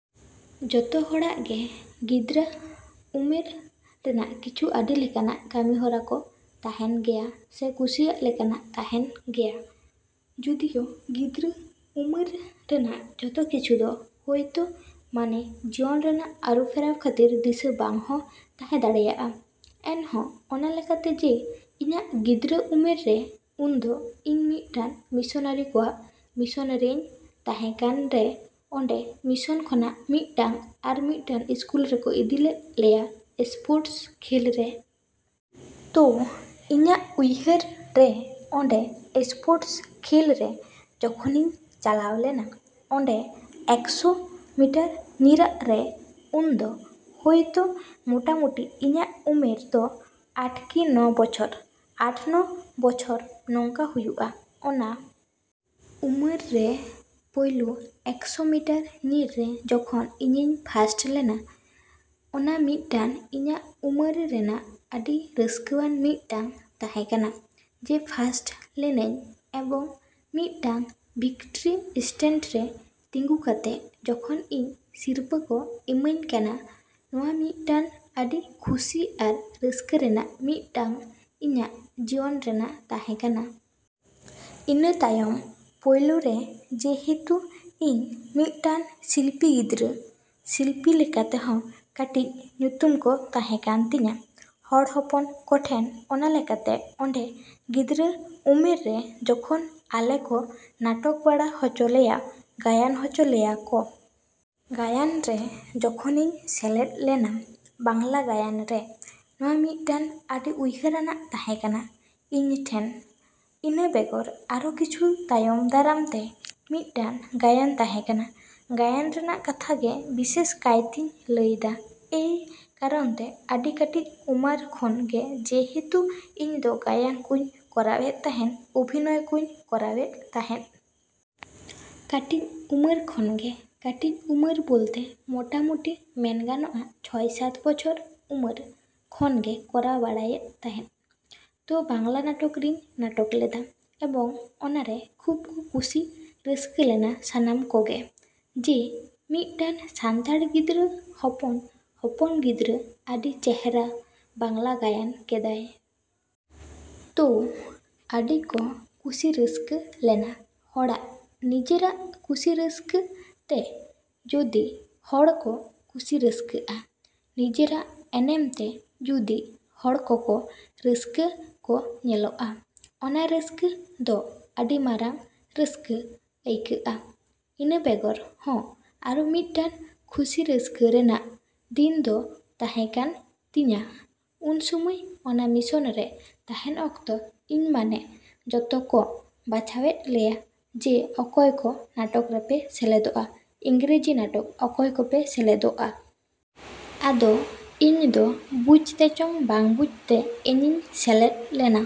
ᱡᱚᱛᱚ ᱦᱚᱲᱟᱜ ᱜᱮ ᱜᱤᱫᱽᱨᱟᱹ ᱩᱢᱟᱹᱨ ᱨᱮᱱᱟᱜ ᱠᱤᱪᱷᱩ ᱟᱹᱰᱤ ᱞᱮᱠᱟᱱᱟᱜ ᱠᱟᱹᱢᱤ ᱦᱚᱨᱟ ᱠᱚ ᱛᱟᱦᱮᱱ ᱜᱮᱭᱟ ᱥᱮ ᱠᱩᱥᱤᱭᱟᱜ ᱞᱮᱠᱟᱱᱟᱜ ᱛᱟᱦᱮᱱ ᱜᱮᱭᱟ᱾ ᱡᱚᱫᱤᱭᱳ ᱜᱤᱫᱽᱨᱟᱹ ᱩᱢᱟᱹᱨ ᱨᱮᱱᱟᱜ ᱡᱚᱛᱚ ᱠᱤᱪᱷᱩ ᱫᱚ ᱦᱚᱭᱛᱳ ᱢᱟᱱᱮ ᱡᱤᱭᱚᱱ ᱨᱮᱱᱟᱜ ᱟᱹᱨᱩ ᱯᱷᱮᱨᱟᱣ ᱠᱷᱟᱹᱛᱤᱨ ᱫᱤᱥᱟᱹ ᱵᱟᱝ ᱦᱚᱸ ᱛᱟᱦᱮᱸ ᱫᱟᱲᱮᱭᱟᱜᱼᱟ, ᱮᱱᱦᱚᱸ ᱚᱱᱟ ᱞᱮᱠᱟᱛᱮ ᱡᱮ ᱤᱧᱟᱹᱜ ᱜᱤᱫᱽᱨᱟᱹ ᱩᱢᱮᱨ ᱨᱮ ᱩᱱ ᱫᱚ ᱤᱧ ᱢᱤᱫᱴᱟᱱ ᱢᱤᱥᱚᱱᱟᱹᱨᱤ ᱠᱚᱣᱟᱜ ᱢᱤᱥᱚᱱ ᱨᱮᱧ ᱛᱟᱦᱮᱸ ᱠᱟᱱ ᱨᱮ ᱚᱸᱰᱮ ᱢᱤᱥᱚᱱ ᱠᱷᱚᱱᱟᱜ ᱢᱤᱫ ᱴᱟᱝ ᱟᱨ ᱢᱤᱫᱴᱟᱱ ᱤᱥᱠᱩᱞ ᱨᱮᱠᱚ ᱤᱫᱤ ᱞᱮᱜ ᱞᱮᱭᱟ ᱮᱥᱯᱳᱨᱴᱥ ᱠᱷᱮᱞ ᱨᱮ᱾ ᱛᱳ ᱤᱧᱟᱹᱜ ᱩᱭᱦᱟᱹᱨ ᱨᱮ ᱚᱸᱰᱮ ᱮᱥᱯᱳᱨᱴᱥ ᱠᱷᱮᱞ ᱨᱮ ᱡᱚᱠᱷᱚᱱᱤᱧ ᱪᱟᱞᱟᱣ ᱞᱮᱱᱟ ᱚᱸᱰᱮ ᱮᱠᱥᱳ ᱢᱤᱴᱟᱨ ᱧᱤᱨᱟᱜ ᱨᱮ ᱩᱱ ᱫᱚ ᱦᱳᱭᱛᱳ ᱢᱳᱴᱟᱢᱩᱴᱤ ᱤᱧᱟᱹᱜ ᱩᱢᱮᱨ ᱫᱚ ᱟᱴ ᱠᱤ ᱱᱚ ᱵᱚᱪᱷᱚᱨ, ᱟᱴ ᱱᱚ ᱵᱚᱪᱷᱚᱨ ᱱᱚᱝᱠᱟ ᱦᱩᱭᱩᱜ-ᱟ᱾ ᱚᱱᱟ ᱩᱢᱟᱹᱨ ᱨᱮ ᱯᱳᱭᱞᱳ ᱮᱠᱥᱳ ᱢᱤᱴᱟᱨ ᱧᱤᱨ ᱨᱮ ᱡᱚᱠᱷᱚᱱ ᱤᱧᱤᱧ ᱯᱷᱟᱥᱴ ᱞᱮᱱᱟ ᱚᱱᱟ ᱢᱤᱫᱴᱟᱱ ᱤᱧᱟᱹᱜ ᱩᱢᱟᱹᱨ ᱨᱮᱱᱟᱜ ᱟᱹᱰᱤ ᱨᱟᱹᱥᱠᱟᱹᱣᱟᱱ ᱢᱤᱫᱴᱟᱝ ᱛᱟᱦᱮᱸ ᱠᱟᱱᱟ ᱡᱮ ᱯᱷᱟᱥᱴ ᱞᱮᱱᱟᱧ ᱮᱵᱚᱝ ᱢᱤᱫᱴᱟᱝ ᱵᱷᱤᱠᱴᱨᱤ ᱮᱥᱴᱮᱱᱰ ᱨᱮ ᱛᱤᱸᱜᱩ ᱠᱟᱛᱮᱜ ᱡᱚᱠᱷᱚᱱ ᱤᱧ ᱥᱤᱨᱯᱟᱹ ᱠᱚ ᱤᱢᱟᱹᱧ ᱠᱟᱱᱟ ᱱᱚᱣᱟ ᱢᱤᱫᱴᱟᱱ ᱟᱹᱰᱤ ᱠᱷᱩᱥᱤ ᱟᱨ ᱨᱟᱹᱥᱠᱟᱹ ᱨᱮᱱᱟᱜ ᱢᱤᱫᱴᱟᱝ ᱤᱧᱟᱹᱜ ᱡᱤᱭᱚᱱ ᱨᱮᱱᱟᱜ ᱛᱟᱦᱮᱸ ᱠᱟᱱᱟ᱾ ᱤᱱᱟᱹ ᱛᱟᱭᱚᱢ ᱯᱳᱭᱞᱳ ᱨᱮ ᱡᱮᱦᱮᱛᱩ ᱤᱧ ᱢᱤᱫᱴᱟᱱ ᱥᱤᱞᱯᱤ ᱜᱤᱫᱽᱨᱟᱹ, ᱥᱤᱞᱯᱤ ᱞᱮᱠᱟ ᱛᱮᱦᱚᱸ ᱠᱟᱹᱴᱤᱡ ᱧᱩᱛᱩᱢ ᱠᱚ ᱛᱟᱦᱮᱸ ᱠᱟᱱ ᱛᱤᱧᱟᱹ ᱦᱚᱲ ᱦᱚᱯᱚᱱ ᱠᱚᱴᱷᱮᱱ ᱚᱱᱟ ᱞᱮᱠᱟᱛᱮ ᱚᱸᱰᱮ ᱜᱤᱫᱽᱨᱟᱹ ᱩᱢᱮᱨ ᱨᱮ ᱡᱚᱠᱷᱚᱱ ᱟᱞᱮ ᱠᱚ ᱱᱟᱴᱚᱠ ᱵᱟᱲᱟ ᱦᱚᱪᱚ ᱞᱮᱭᱟ, ᱜᱟᱭᱟᱱ ᱦᱚᱪᱚ ᱞᱮᱭᱟ ᱠᱚ᱾ ᱜᱟᱭᱟᱱ ᱨᱮ ᱡᱚᱠᱷᱚᱱᱤᱧ ᱥᱮᱞᱮᱫ ᱞᱮᱱᱟ ᱵᱟᱝᱞᱟ ᱜᱟᱭᱟᱱ ᱨᱮ ᱱᱚᱣᱟ ᱢᱤᱫᱴᱟᱱ ᱟᱹᱰᱤ ᱩᱭᱦᱟᱹᱨᱟᱱᱟᱜ ᱛᱟᱦᱮᱸ ᱠᱟᱱᱟ ᱤᱧ ᱴᱷᱮᱱ᱾ ᱤᱱᱟᱹ ᱵᱮᱜᱚᱨ ᱟᱨᱚ ᱠᱤᱪᱷᱩ ᱛᱟᱭᱚᱢ ᱫᱟᱨᱟᱢ ᱛᱮ ᱢᱤᱫᱴᱟᱱ ᱜᱟᱭᱟᱱ ᱛᱟᱦᱮᱸ ᱠᱟᱱᱟ᱾ ᱜᱟᱭᱟᱱ ᱨᱮᱱᱟᱜ ᱠᱟᱛᱷᱟ ᱜᱮ ᱵᱤᱥᱮᱥ ᱠᱟᱭ ᱛᱤᱧ ᱞᱟᱹᱭᱫᱟ ᱮᱭ ᱠᱟᱨᱚᱱ ᱛᱮ ᱟᱹᱰᱤ ᱠᱟᱹᱴᱤᱡ ᱩᱢᱟᱹᱨ ᱠᱷᱚᱱ ᱜᱮ ᱡᱮᱦᱮᱛᱩ ᱤᱧ ᱫᱚ ᱜᱟᱭᱟᱱ ᱠᱚᱧ ᱠᱚᱨᱟᱣ ᱮᱫ ᱛᱟᱦᱮᱱ, ᱚᱵᱷᱤᱱᱚᱭ ᱠᱚᱧ ᱠᱚᱨᱟᱣᱮᱫ ᱛᱟᱦᱮᱸᱫ᱾ ᱠᱟᱹᱴᱤᱡ ᱩᱢᱟᱹᱨ ᱠᱷᱚᱱ ᱜᱮ, ᱠᱟᱹᱴᱤᱡ ᱩᱢᱟᱹᱨ ᱵᱚᱞᱛᱮ ᱢᱚᱴᱟᱢᱩᱴᱤ ᱢᱮᱱ ᱜᱟᱱᱚᱜ-ᱟ ᱪᱷᱚᱭ ᱥᱟᱛ ᱵᱚᱪᱷᱚᱨ ᱩᱢᱟᱹᱨ ᱠᱷᱚᱱ ᱜᱮ ᱠᱚᱨᱟᱣ ᱵᱟᱲᱟᱭᱮᱫ ᱛᱟᱦᱮᱸᱜ᱾ ᱛᱳ ᱵᱟᱝᱞᱟ ᱱᱟᱴᱚᱠ ᱨᱤᱧ ᱱᱟᱴᱚᱠ ᱞᱮᱫᱟ ᱮᱵᱚᱝ ᱚᱱᱟᱨᱮ ᱠᱷᱩᱵᱽ ᱠᱚ ᱠᱷᱩᱥᱤ ᱨᱟᱹᱥᱠᱟᱹ ᱞᱮᱱᱟ ᱥᱟᱱᱟᱢ ᱠᱚᱜᱮ ᱡᱮ ᱢᱤᱫᱴᱟᱱ ᱥᱟᱱᱛᱟᱲ ᱜᱤᱫᱽᱨᱟᱹ ᱦᱚᱯᱚᱱ ᱦᱚᱯᱚᱱ ᱜᱤᱫᱽᱨᱟᱹ ᱟᱹᱰᱤ ᱪᱮᱦᱨᱟ ᱵᱟᱝᱞᱟ ᱜᱟᱭᱟᱱ ᱠᱮᱫᱟᱭ᱾ ᱛᱳ ᱟᱹᱰᱤ ᱠᱚ ᱠᱩᱥᱤ ᱨᱟᱹᱥᱠᱟᱹ ᱞᱮᱱᱟ᱾ ᱦᱚᱲᱟᱜ ᱱᱤᱡᱮᱨᱟᱜ ᱠᱩᱥᱤ ᱨᱟᱹᱥᱠᱟᱹ ᱛᱮ ᱡᱚᱫᱤ ᱦᱚᱲ ᱠᱚ ᱠᱩᱥᱤ ᱨᱟᱹᱥᱠᱟᱹᱜ-ᱟ, ᱱᱤᱡᱮᱨᱟᱜ ᱮᱱᱮᱢ ᱛᱮ ᱡᱩᱫᱤ ᱦᱚᱲ ᱠᱚᱠᱚ ᱨᱟᱹᱥᱠᱟᱹ ᱠᱚ ᱧᱮᱞᱚᱜ-ᱟ ᱚᱱᱟ ᱨᱟᱹᱥᱠᱟᱹ ᱫᱚ ᱟᱹᱰᱤ ᱢᱟᱨᱟᱝ ᱨᱟᱹᱥᱠᱟᱹ ᱟᱹᱭᱠᱟᱹᱜᱼᱟ᱾ ᱤᱱᱟᱹ ᱵᱮᱜᱚᱨ ᱦᱚᱸ ᱟᱨᱚ ᱢᱤᱫᱴᱟᱱ ᱠᱷᱩᱥᱤ ᱨᱟᱹᱥᱠᱟᱹ ᱨᱮᱱᱟᱜ ᱫᱤᱱ ᱫᱚ ᱛᱟᱦᱮᱸ ᱠᱟᱱ ᱛᱤᱧᱟᱹ ᱩᱱ ᱥᱚᱢᱚᱭ ᱚᱱᱟ ᱢᱤᱥᱚᱱ ᱨᱮ ᱛᱟᱦᱮᱱ ᱚᱠᱛᱚ ᱤᱧ ᱢᱟᱱᱮ ᱡᱚᱛᱚ ᱠᱚ ᱵᱟᱪᱷᱟᱣᱮᱫ ᱞᱮᱭᱟ ᱡᱮ ᱚᱠᱚᱭ ᱠᱚ ᱱᱟᱴᱚᱠ ᱨᱮᱯᱮ ᱥᱮᱞᱮᱫᱚᱜ-ᱟ, ᱤᱝᱨᱮᱡᱤ ᱱᱟᱴᱚᱠ ᱚᱠᱚᱭ ᱠᱚᱯᱮ ᱥᱮᱞᱮᱫᱚᱜ-ᱟ? ᱟᱫᱚ ᱤᱧ ᱫᱚ ᱵᱩᱡᱽ ᱛᱮᱪᱚᱝ ᱵᱟᱝ ᱵᱩᱡᱽ ᱛᱮ ᱤᱧᱤᱧ ᱥᱮᱞᱮᱫ ᱞᱮᱱᱟ᱾